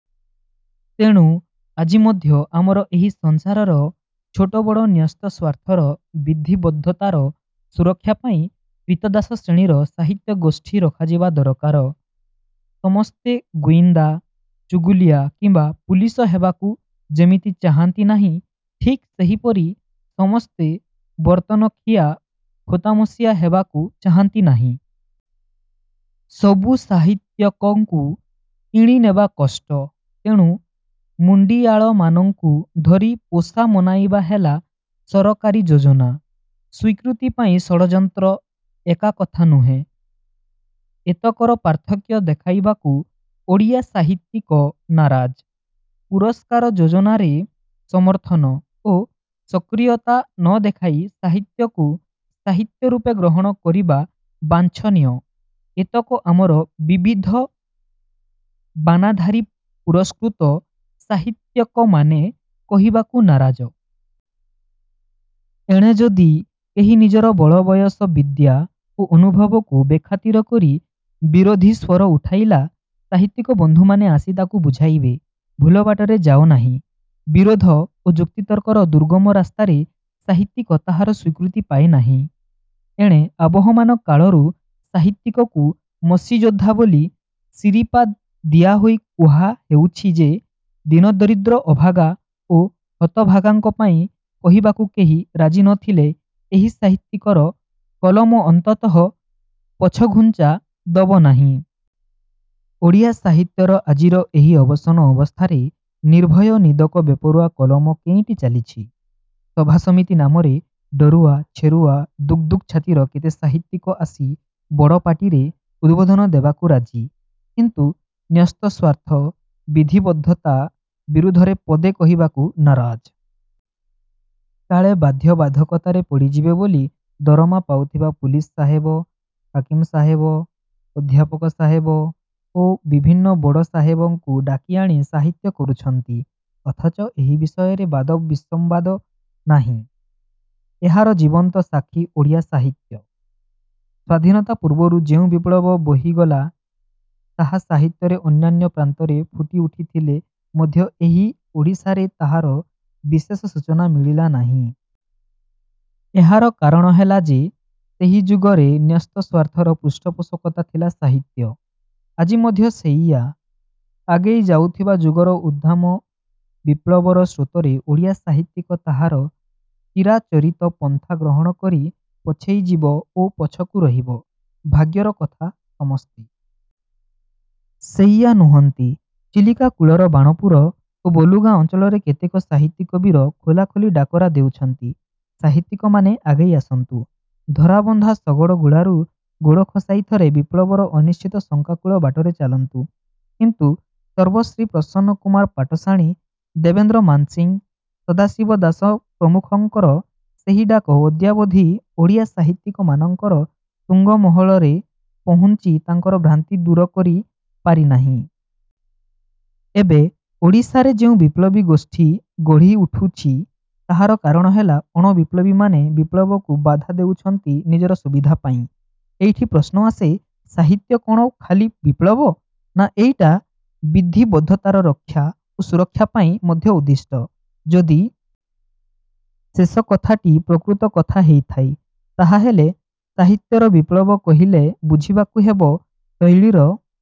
ତେଣୁ ଆଜି ମଧ୍ୟ ଆମର ଏହି ସଂସାରର ଛୋଟବଡ଼ ନ୍ୟସ୍ତସ୍ୱାର୍ଥର ବିଧିବଦ୍ଧତାର ସୁରକ୍ଷା ପାଇଁ କ୍ରୀତଦାସ ଶ୍ରେଣୀର ସାହିତ୍ୟଗୋଷ୍ଠୀ ରଖାଯିବା ଦରକାର। ସମସ୍ତେ ଗୁଇନ୍ଦା, ଚୁଗୁଲିଆ କିମ୍ୱା ପୁଲିସ ହେବାକୁ ଯେମିତି ଚାହାନ୍ତି ନାହିଁ ଠିକ୍ ସେହିପରି ସମସ୍ତେ ବର୍ତ୍ତନଖିଆ ଖୋସାମତିଆ ହେବାକୁ ଚାହାନ୍ତି ନାହିଁ। ସବୁ ସାହିତ୍ୟିକଙ୍କୁ କିଣି ନେବା କଷ୍ଟ। ତେଣୁ ମୁଣ୍ତିଆଳମାନଙ୍କୁ ଧରି ପୋଷା ମନାଇବା ହେଲା ସରକାରୀ ଯୋଜନା। ସ୍ୱୀକୃତି ଆଉ ଷଡ଼ଯନ୍ତ୍ର ଏକା କଥା ନୁହେଁ। ଏତକର ପାର୍ଥକ୍ୟ ଦେଖାଇବାକୁ ଓଡ଼ିଆ ସାହିତ୍ୟିକ ନାରାଜ। ପୁରସ୍କାର ଯୋଜନାରେ ସମର୍ଥନ ଓ ସକ୍ରିୟତା ନ ଦେଖାଇ ସାହିତ୍ୟକୁ ସାହିତ୍ୟ ରୂପେ ଗ୍ରହଣ କରିବା ବାଞ୍ଛନୀୟ-ଏତକ ଆମର ବିବିଧ ବାନାଧାରୀ ପୁରସ୍କୃତ ସାହିତ୍ୟିକମାନେ କହିବାକୁ ନାରାଜ। ଏଣେ ଯଦି କେହି ନିଜର ବଳବୟସ ବିଦ୍ୟା ଓ ଅନୁଭବକୁ ବେଖାତିର କରି ବିରୋଧୀ ସ୍ୱର ଉଠାଇଲା, ସାହିତ୍ୟିକ ବନ୍ଧୁମାନେ ଆସି ତାକୁ ବୁଝାଇବେ-ଭୁଲ ବାଟରେ ଯାଅ ନାହିଁ। ବିରୋଧ ଓ ଯୁକ୍ତିତର୍କର ଦୁର୍ଗମ ରାସ୍ତାରେ ସାହିତ୍ୟିକ ତାହାର ସ୍ୱୀକୃତି ପାଏ ନାହିଁ। ଏଣେ ଆବହମାନ କାଳରୁ ସାହିତ୍ୟିକକୁ ମସିଯୋଦ୍ଧା ବୋଲି ଶିରିପା ଦିଆହୋଇ କୁହା ହେଉଛି ଯେ ଦୀନ ଦରିଦ୍ର ଅଭାଗା ଓ ହତଭାଗାଙ୍କ ପାଇଁ କହିବାକୁ କେହି ରାଜି ନ ଥିଲେ ଏହି ସାହିତ୍ୟିକର କଲମ ଅନ୍ତତଃ ପଛଘୁଞ୍ଚା ଦବ ନାହିଁ। ଓଡ଼ିଆ ସାହିତ୍ୟର ଆଜିର ଏହି ଅବସନ୍ନ ଅବସ୍ଥାରେ ନିର୍ଭୟ ନିଦକ ବେପରୁଆ କଲମ କେଇଟି ଚାଲିଛି? ସଭାସମିତି ନାମରେ ଡରୁଆ, ଛେରୁଆ, ଦୁକ୍ ଦୁକ୍ ଛାତିର କେତେ ସାହିତ୍ୟିକ ଆସି ବଡ଼ ପାଟିରେ ଉଦ୍ବୋଧନ ଦେବାକୁ ରାଜି। କିନ୍ତୁ ନ୍ୟସ୍ତସ୍ୱାର୍ଥ, ବିଧିବଦ୍ଧତା ବିରୁଦ୍ଧରେ ପଦେ କହିବାକୁ ନାରାଜ। କାଳେ ବାଧ୍ୟ ବାଧକତାରେ ପଡ଼ିଯିବେ ବୋଲି ଦରମା ପାଉଥିବା ପୁଲିସ ସାହେବ, ହାକିମ ସାହେବ, ଅଧ୍ୟାପକ ସାହେବ ଓ ବିଭିନ୍ନ ବଡ଼ ସାହେବଙ୍କୁ ଡାକିଆଣି ସାହିତ୍ୟ କରୁଛନ୍ତି। ଅଥଚ ଏହି ବିଷୟରେ ବାଦ ବିସମ୍ୱାଦ ନାହିଁ। ଏହାର ଜୀବନ୍ତ ସାକ୍ଷୀ ଓଡ଼ିଆ ସାହିତ୍ୟ। ସ୍ୱାଧୀନତା ପୂର୍ବରୁ ଯେଉଁ ବିପ୍ଳବ ବୋହିଗଲା ତାହା ସାହିତ୍ୟରେ ଅନ୍ୟାନ୍ୟ ପ୍ରାନ୍ତରେ ଫୁଟି ଉଠିଥିଲେ ମଧ୍ୟ ଏହି ଓଡ଼ିଶାରେ ତାହାର ବିଶେଷ ସୂଚନା ମିଳିଲା ନାହିଁ। ଏହାର କାରଣ ହେଲା ଯେ ସେହି ଯୁଗରେ ନ୍ୟସ୍ତସ୍ୱାର୍ଥର ପୃଷ୍ଠପୋଷକତା ଥିଲା ସାହିତ୍ୟ। ଆଜି ମଧ୍ୟ ସେଇଆ। ଆଗେଇ ଯାଉଥିବା ଯୁଗର ଉଦ୍ଦାମ ବିପ୍ଳବର ସ୍ରୋତରେ ଓଡ଼ିଆ ସାହିତ୍ୟିକ ତାହାର ଚିରାଚରିତ ପନ୍ଥା ଗ୍ରହଣ କରି ପଛେଇ ଯିବ ଓ ପଛକୁ ରହିବ। ଭାଗ୍ୟର କଥା ସମସ୍ତେ। ସେଇଆ ନୁହନ୍ତି। ଚିଲିକା କୂଳର ବାଣପୁର ଓ ବାଲୁଗାଁ ଅଞ୍ଚଳରେ କେତେକ ସାହିତ୍ୟିକ ବୀର ଖୋଲାଖୋଲି ଡାକରା ଦେଉଛନ୍ତି-ସାହିତ୍ୟିକମାନେ ଆଗେଇ ଆସନ୍ତୁ। ଧରାବନ୍ଧା ଶଗଡ଼ଗୁଳାରୁ ଗୋଡ଼ ଖସାଇ ଥରେ ବିପ୍ଳବର ଅନିଶ୍ଚିତ ଶଙ୍କାକୁଳ ବାଟରେ ଚାଲନ୍ତୁ। କିନ୍ତୁ ସର୍ବଶ୍ରୀ ପ୍ରସନ୍ନ କୁମାର ପାଟଶାଣୀ, ଦେବେନ୍ଦ୍ର ମାନସିଂ, ସଦାଶିବ ଦାସ ପ୍ରମୁଖଙ୍କର ସେହି ଡାକ ଅଦ୍ୟାବଧି ଓଡ଼ିଆ ସାହିତ୍ୟିକ ମାନଙ୍କର ତୁଙ୍ଗ ମହଲରେ ପହୁଞ୍ଚି ତାଙ୍କର ଭ୍ରାନ୍ତି ଦୂର କରି ପାରିନାହିଁ। ଏବେ ଓଡ଼ିଶାରେ ଯେଉଁ ବିପ୍ଳବୀ ଗୋଷ୍ଠୀ ଗଢ଼ି ଉଠୁଛି ତାହାର କାରଣ ହେଲା ଅଣ-ବିପ୍ଳବୀମାନେ ବିପ୍ଳବକୁ ବାଧା ଦେଉଛନ୍ତି ନିଜର ସୁବିଧା ପାଇଁ। ଏଇଠି ପ୍ରଶ୍ନ ଆସେ-ସାହିତ୍ୟ କ'ଣ ଖାଲି ବିପ୍ଳବ? ନା ଏଇଟା ବିଧିବଦ୍ଧତାର ରକ୍ଷା ଓ ସୁରକ୍ଷା ପାଇଁ ମଧ୍ୟ ଉଦ୍ଦିଷ୍ଟ? ଯଦି ଶେଷ କଥାଟି ପ୍ରକୃତ କଥା ହେଇଥାଏ ତାହାହେଲେ ସାହିତ୍ୟର ବିପ୍ଳବ କହିଲେ ବୁଝିବାକୁ ହେବ-ଶୈଳୀର,